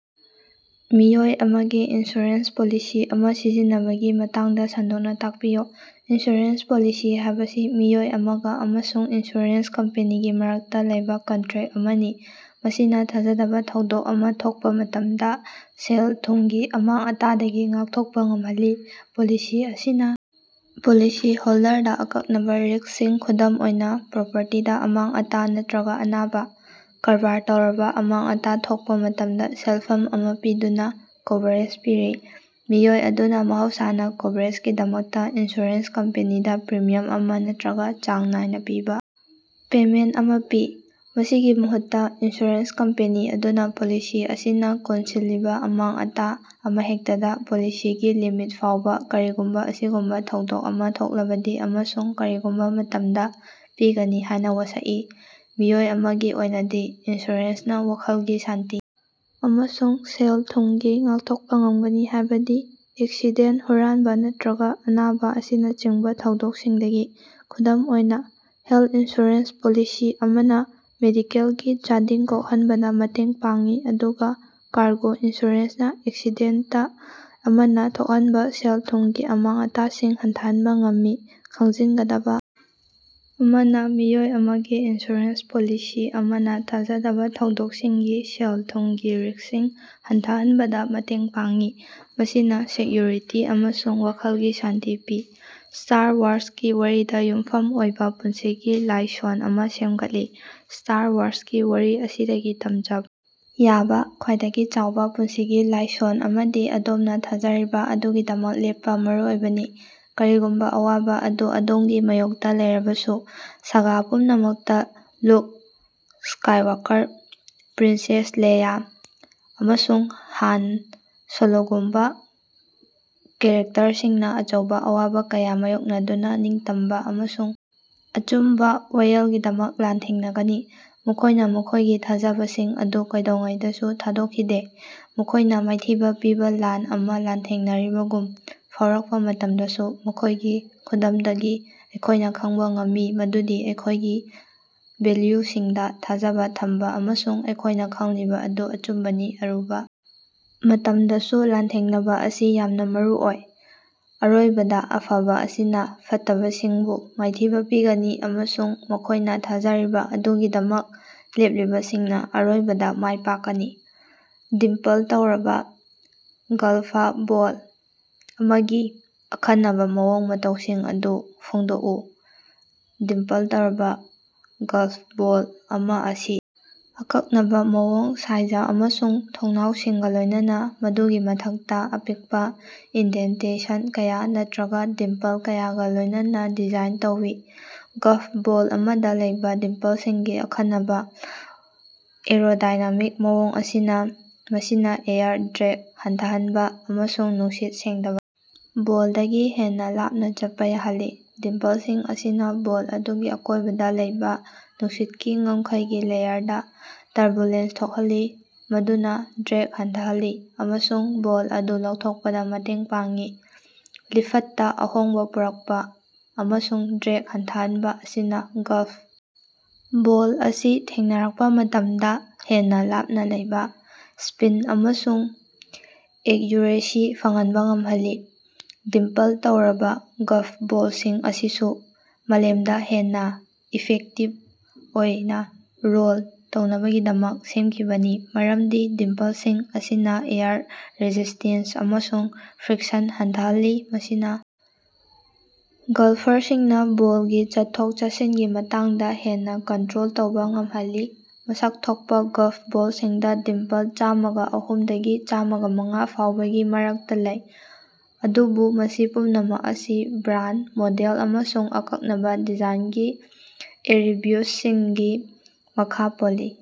ꯃꯤꯑꯣꯏ ꯑꯃꯒꯤ insurance policy ꯑꯃ ꯁꯤꯖꯤꯟꯅꯕꯒꯤ ꯃꯇꯥꯡꯗ ꯁꯟꯗꯣꯛꯅ ꯇꯥꯛꯄꯤꯌꯨ꯫ ꯏꯟꯁꯨꯔꯦꯟꯁ ꯄꯣꯂꯤꯁꯤ ꯍꯥꯏꯕꯁꯤ ꯃꯤꯑꯣꯏ ꯑꯃꯒ ꯑꯃꯁꯨꯡ ꯏꯟꯁꯨꯔꯦꯟꯁ ꯀꯝꯄꯅꯤꯒꯤ ꯃꯔꯛꯇ ꯂꯩꯕ ꯀꯟꯇꯔꯦꯠ ꯑꯃꯅꯤ꯫ ꯃꯁꯤꯅ ꯊꯥꯖꯗꯕ ꯊꯧꯗꯣꯛ ꯑꯃ ꯊꯣꯛꯄ ꯃꯇꯝꯗ ꯁꯦꯜ-ꯊꯨꯝꯒꯤ ꯑꯃꯥꯡ-ꯑꯇꯥꯗꯒꯤ ꯉꯥꯛꯊꯣꯛꯄ ꯉꯝꯍꯜꯂꯤ꯫ ꯄꯣꯂꯤꯁꯤ ꯑꯁꯤꯅ ꯄꯣꯂꯤꯁꯤ ꯍꯣꯜꯗꯔꯗ ꯑꯀꯛꯅꯕ ꯔꯤꯛꯁ ꯁꯤꯡ ꯈꯨꯗꯝ ꯑꯣꯏꯅ ꯄ꯭ꯔꯣꯄꯔꯇꯤꯗ ꯑꯃꯥꯡ-ꯑꯇꯥ ꯅꯠꯇꯔꯒ ꯑꯅꯥꯕ, ꯀꯔꯚꯔ ꯇꯧꯔꯕ ꯑꯃꯥꯡ-ꯑꯇꯥ ꯊꯣꯛꯄ ꯃꯇꯝꯗ ꯁꯦꯟꯐꯝ ꯑꯃ ꯄꯤꯗꯨꯅ ꯀꯣꯚꯔꯦꯖ ꯄꯤꯔꯤ꯫ ꯃꯤꯑꯣꯏ ꯑꯗꯨꯅ ꯃꯍꯧꯁꯥꯅ ꯀꯣꯚꯔꯦꯖꯒꯤꯗꯃꯛꯇ ꯏꯟꯁꯨꯔꯦꯟꯁ ꯀꯝꯄꯅꯤꯗ ꯄ꯭ꯔꯤꯃꯤꯌꯝ ꯑꯃ ꯅꯠꯇꯔꯒ ꯆꯥꯡ ꯅꯥꯏꯅ ꯄꯤꯕ ꯄꯦꯃꯦꯟꯇ ꯑꯃ ꯄꯤ꯫ ꯃꯁꯤꯒꯤ ꯃꯍꯨꯠꯇ, ꯏꯟꯁꯨꯔꯦꯟꯁ ꯀꯝꯄꯅꯤ ꯑꯗꯨꯅ ꯄꯣꯂꯤꯁꯤ ꯑꯁꯤꯅ ꯀꯣꯟꯁꯤꯜꯂꯤꯕ ꯑꯃꯥꯡ-ꯑꯇꯥ ꯑꯃꯍꯦꯛꯇꯗ, ꯄꯣꯂꯤꯁꯤꯒꯤ ꯂꯤꯃꯤꯠ ꯐꯥꯎꯕ ꯀꯔꯤꯒꯨꯝꯕ ꯑꯁꯤꯒꯨꯝꯕ ꯊꯧꯗꯣꯛ ꯑꯃ ꯊꯣꯛꯂꯕꯗꯤ ꯑꯃꯁꯨꯡ ꯀꯔꯤꯒꯨꯝꯕ ꯃꯇꯝꯗ ꯄꯤꯒꯅꯤ ꯍꯥꯏꯅ ꯋꯥꯁꯛꯏ꯫ ꯃꯤꯑꯣꯏ ꯑꯃꯒꯤ ꯑꯣꯏꯅꯗꯤ, ꯏꯟꯁꯨꯔꯦꯟꯁꯅ ꯋꯥꯈꯜꯒꯤ ꯁꯥꯟꯇꯤ ꯑꯃꯁꯨꯡ ꯁꯦꯜ-ꯊꯨꯝꯒꯤ ꯉꯥꯛꯊꯣꯛꯄ ꯉꯝꯒꯅꯤ, ꯍꯥꯏꯕꯗꯤ ꯑꯦꯛꯁꯤꯗꯦꯟ, ꯍꯨꯔꯥꯟꯕ ꯅꯠꯇꯔꯒ ꯑꯅꯥꯕ ꯑꯁꯤꯅꯆꯤꯡꯕ ꯊꯧꯗꯣꯛꯁꯤꯡꯗꯒꯤ꯫ ꯈꯨꯗꯝ ꯑꯣꯏꯅ, ꯍꯦꯂꯊ ꯏꯟꯁꯨꯔꯦꯟꯁ ꯄꯣꯂꯤꯁꯤ ꯑꯃꯅ ꯃꯦꯗꯤꯀꯦꯜꯒꯤ ꯆꯥꯗꯤꯡ ꯀꯣꯛꯍꯟꯕꯗ ꯃꯇꯦꯡ ꯄꯥꯡꯏ, ꯑꯗꯨꯒ ꯀꯥꯔꯒꯣ ꯏꯟꯁꯨꯔꯦꯟꯁꯅ ꯑꯦꯛꯁꯤꯗꯦꯟꯇ ꯑꯃꯅ ꯊꯣꯛꯍꯟꯕ ꯁꯦꯜ-ꯊꯨꯝꯒꯤ ꯑꯃꯥꯡ-ꯑꯇꯥꯁꯤꯡ ꯍꯟꯊꯍꯟꯕ ꯉꯝꯃꯤ꯫ ꯈꯪꯖꯤꯟꯒꯗꯕꯥ ꯑꯃꯅ ꯃꯤꯑꯣꯏ ꯑꯃꯒꯤ ꯏꯟꯁꯨꯔꯦꯟꯁ ꯄꯣꯂꯤꯁꯤ ꯑꯃꯅ ꯊꯥꯖꯗꯕ ꯊꯧꯗꯣꯛꯁꯤꯡꯒꯤ ꯁꯦꯜ-ꯊꯨꯝꯒꯤ ꯔꯤꯛꯁꯁꯤꯡ ꯍꯟꯊꯍꯟꯕꯗ ꯃꯇꯦꯡ ꯄꯥꯡꯏ, ꯃꯁꯤꯅꯥ ꯁꯦꯛꯌꯨꯔꯤꯇꯤ ꯑꯃꯁꯨꯡ ꯋꯥꯈꯜꯒꯤ ꯁꯥꯟꯇꯤ ꯄꯤ꯫ ꯁ꯭ꯇꯥꯔ ꯋꯥꯔꯁꯀꯤ ꯋꯥꯔꯤꯗ ꯌꯨꯝꯐꯝ ꯑꯣꯏꯕ ꯄꯨꯟꯁꯤꯒꯤ ꯂꯥꯏꯁꯣꯟ ꯑꯃ ꯁꯦꯝꯒꯠꯂꯤ꯫ ꯁ꯭ꯇꯥꯔ ꯋꯥꯔꯁꯀꯤ ꯋꯥꯔꯤ ꯑꯁꯤꯗꯒꯤ ꯇꯝꯖꯕ ꯌꯥꯕ ꯈ꯭ꯋꯥꯏꯗꯒꯤ ꯆꯥꯎꯕ ꯄꯨꯟꯁꯤꯒꯤ ꯂꯥꯏꯁꯣꯟ ꯑꯃꯗꯤ ꯑꯗꯣꯝꯅ ꯊꯥꯖꯔꯤꯕ ꯑꯗꯨꯒꯤꯗꯃꯛ ꯂꯦꯞꯄ ꯃꯔꯨꯑꯣꯏꯕꯅꯤ꯫ ꯀꯔꯤꯒꯨꯝꯕ ꯑꯋꯥꯕ ꯑꯗꯨ ꯑꯗꯣꯝꯒꯤ ꯃꯥꯏꯌꯣꯛꯇ ꯂꯩꯔꯕꯁꯨ꯫ ꯁꯥꯒꯥ ꯄꯨꯝꯅꯃꯛꯇ ꯂꯨꯛ ꯁ꯭ꯀꯥꯏꯋꯥꯀꯔ, ꯄ꯭ꯔꯤꯟꯁꯦꯁ ꯂꯦꯏꯌꯥ, ꯑꯃꯁꯨꯡ ꯍꯥꯟ ꯁꯣꯂꯣꯒꯨꯝꯕ ꯀꯦꯔꯦꯛꯇꯔꯁꯤꯡꯅ ꯑꯆꯧꯕ ꯑꯋꯥꯕ ꯀꯌꯥ ꯃꯥꯌꯣꯛꯅꯗꯨꯅ ꯅꯤꯡꯇꯝꯕ ꯑꯃꯁꯨꯡ ꯑꯆꯨꯝꯕ ꯋꯥꯌꯦꯜꯒꯤꯗꯃꯛ ꯂꯥꯟꯊꯦꯡꯅꯒꯅꯤ꯫ ꯃꯈꯣꯏꯅ ꯃꯈꯣꯏꯒꯤ ꯊꯥꯖꯕꯁꯤꯡ ꯑꯗꯨ ꯀꯩꯗꯧꯉꯩꯗꯁꯨ ꯊꯥꯗꯣꯛꯈꯤꯗꯦ꯫ ꯃꯈꯣꯏꯅ ꯃꯥꯏꯊꯤꯕ ꯄꯤꯕ ꯂꯥꯟ ꯑꯃ ꯂꯥꯟꯊꯦꯡꯅꯔꯤꯕꯒꯨꯝ ꯐꯥꯎꯔꯛꯄ ꯃꯇꯝꯗꯁꯨ ꯃꯈꯣꯏꯒꯤ ꯈꯨꯗꯝꯗꯒꯤ ꯑꯩꯈꯣꯏꯅ ꯈꯪꯕ ꯉꯝꯃꯤ ꯃꯗꯨꯗꯤ ꯑꯩꯈꯣꯏꯒꯤ ꯚꯦꯜꯌꯨꯁꯤꯡꯗꯥ ꯊꯥꯖꯕ ꯊꯝꯕ ꯑꯃꯁꯨꯡ ꯑꯩꯈꯣꯏꯅ ꯈꯪꯂꯤꯕ ꯑꯗꯨ ꯑꯆꯨꯝꯕꯅꯤ, ꯑꯔꯨꯕꯥ ꯃꯇꯝꯗꯁꯨ ꯂꯥꯟꯊꯦꯡꯅꯕ ꯑꯁꯤ ꯌꯥꯝꯅ ꯃꯔꯨꯑꯣꯏ꯫ ꯑꯔꯣꯏꯕꯗ ꯑꯐꯕ ꯑꯁꯤꯅ ꯐꯠꯇꯕꯁꯤꯡꯕꯨ ꯃꯥꯏꯊꯤꯕ ꯄꯤꯒꯅꯤ ꯑꯃꯁꯨꯡ ꯃꯈꯣꯏꯅ ꯊꯥꯖꯔꯤꯕ ꯑꯗꯨꯒꯤꯗꯃꯛ ꯂꯦꯞꯂꯤꯕꯁꯤꯡꯅ ꯑꯔꯣꯏꯕꯗ ꯃꯥꯏꯄꯥꯛꯀꯅꯤ꯫ ꯗꯤꯝꯄꯜ ꯇꯧꯔꯕ ꯒꯜꯐ ꯕꯣꯜ ꯑꯃꯒꯤ ꯑꯈꯟꯅꯕ ꯃꯑꯣꯡ-ꯃꯇꯧꯁꯤꯡ ꯑꯗꯨ ꯐꯣꯡꯗꯣꯛꯎ꯫ ꯗꯤꯝꯄꯜ ꯇꯧꯔꯕ ꯒꯜꯐ ꯕꯣꯜ ꯑꯃ ꯑꯁꯤ ꯑꯀꯛꯅꯕ ꯃꯑꯣꯡ, ꯁꯥꯏꯖ ꯑꯃꯁꯨꯡ ꯊꯣꯡꯅꯥꯎꯁꯤꯡꯒ ꯂꯣꯏꯅꯅ ꯃꯗꯨꯒꯤ ꯃꯊꯛꯇ ꯑꯄꯤꯛꯄ ꯏꯟꯗꯦꯟꯇꯦꯁꯟ ꯀꯌꯥ, ꯅꯠꯇꯔꯒ ꯗꯤꯝꯄꯜ ꯀꯌꯥꯒ ꯂꯣꯏꯅꯅ ꯗꯤꯖꯥꯏꯟ ꯇꯧꯏ꯫ ꯒꯜꯐ ꯕꯣꯜ ꯑꯃꯗ ꯂꯩꯕ ꯗꯤꯝꯄꯜꯁꯤꯡꯒꯤ ꯑꯈꯟꯅꯕ ꯑꯦꯔꯣꯗꯥꯏꯅꯥꯃꯤꯛ ꯃꯑꯣꯡ ꯑꯁꯤꯅ ꯃꯁꯤꯅ ꯑꯦꯌꯔ ꯗ꯭ꯔꯦꯒ ꯍꯟꯊꯍꯟꯕ ꯑꯃꯁꯨꯡ ꯅꯨꯡꯁꯤꯠ ꯁꯦꯡꯗꯕ ꯕꯣꯜꯗꯒꯤ ꯍꯦꯟꯅ ꯂꯥꯞꯅ ꯆꯠꯄ ꯌꯥꯍꯜꯂꯤ꯫ ꯗꯤꯝꯄꯜꯁꯤꯡ ꯑꯁꯤꯅ ꯕꯣꯜ ꯑꯗꯨꯒꯤ ꯑꯀꯣꯏꯕꯗ ꯂꯩꯕ ꯅꯨꯡꯁꯤꯠꯀꯤ ꯉꯝꯈꯩꯒꯤ ꯂꯦꯌꯔꯗꯥ ꯇꯔꯕꯨꯂꯦꯟꯁ ꯊꯣꯛꯍꯜꯂꯤ ꯃꯗꯨꯅ ꯗ꯭ꯔꯦꯒ ꯍꯟꯊꯍꯜꯂꯤ ꯑꯃꯁꯨꯡ ꯕꯣꯜ ꯑꯗꯨ ꯂꯧꯊꯣꯛꯄꯗ ꯃꯇꯦꯡ ꯄꯥꯡꯏ꯫ ꯂꯤꯐꯠꯇ ꯑꯍꯣꯡꯕ ꯄꯨꯔꯛꯄ ꯑꯃꯁꯨꯡ ꯗ꯭ꯔꯦꯒ ꯍꯟꯊꯍꯟꯕ ꯑꯁꯤꯅ ꯒꯜꯐ ꯕꯣꯜ ꯑꯁꯤ ꯊꯦꯡꯅꯔꯛꯄ ꯃꯇꯝꯗ ꯍꯦꯟꯅ ꯂꯥꯞꯅ ꯂꯩꯕ, ꯁ꯭ꯄꯤꯟ ꯑꯃꯁꯨꯡ ꯑꯦꯛꯌꯨꯔꯦꯁꯤ ꯐꯪꯍꯟꯕ ꯉꯝꯍꯜꯂꯤ꯫ ꯗꯤꯝꯄꯜ ꯇꯧꯔꯕ ꯒꯜꯐ ꯕꯣꯜꯁꯤꯡ ꯑꯁꯤꯁꯨ ꯃꯥꯂꯦꯝꯗ ꯍꯦꯟꯅ ꯏꯐꯦꯛꯇꯤꯕ ꯑꯣꯏꯅ ꯔꯣꯜ ꯇꯧꯅꯕꯒꯤꯗꯃꯛ ꯁꯦꯝꯈꯤꯕꯅꯤ, ꯃꯔꯝꯗꯤ ꯗꯤꯝꯄꯜꯁꯤꯡ ꯑꯁꯤꯅ ꯑꯦꯌꯔ ꯔꯦꯁꯤꯁ꯭ꯇꯦꯟꯁ ꯑꯃꯁꯨꯡ ꯐ꯭ꯔꯤꯛꯁꯟ ꯍꯟꯊꯍꯜꯂꯤ, ꯃꯁꯤꯅ ꯒꯜꯐꯔꯁꯤꯡꯅ ꯕꯣꯜꯒꯤ ꯆꯠꯊꯣꯛ-ꯆꯠꯁꯤꯟꯒꯤ ꯃꯇꯥꯡꯗ ꯍꯦꯟꯅ ꯀꯟꯇꯔꯣꯜ ꯇꯧꯕ ꯉꯝꯍꯜꯂꯤ꯫ ꯃꯁꯛ ꯊꯣꯛꯄ ꯒꯜꯐ ꯕꯣꯜꯁꯤꯡꯗ ꯗꯤꯝꯄꯜ ꯆꯥꯃꯒ ꯑꯍꯨꯝ ꯗꯒꯤ ꯆꯥꯃꯒꯃꯉꯥ ꯐꯥꯎꯕꯒꯤ ꯃꯔꯛꯇ ꯂꯩ, ꯑꯗꯨꯕꯨ ꯃꯁꯤ ꯄꯨꯝꯅꯃꯛ ꯑꯁꯤ ꯕ꯭ꯔꯥꯟꯗ, ꯃꯣꯗꯦꯜ ꯑꯃꯁꯨꯡ ꯑꯀꯛꯅꯕ ꯗꯤꯖꯥꯏꯅꯒꯤ ꯑꯦꯠꯔꯤꯕ꯭ꯌꯨꯁꯅꯁꯤꯡꯒꯤ ꯃꯈꯥ ꯄꯣꯜꯂꯤ꯫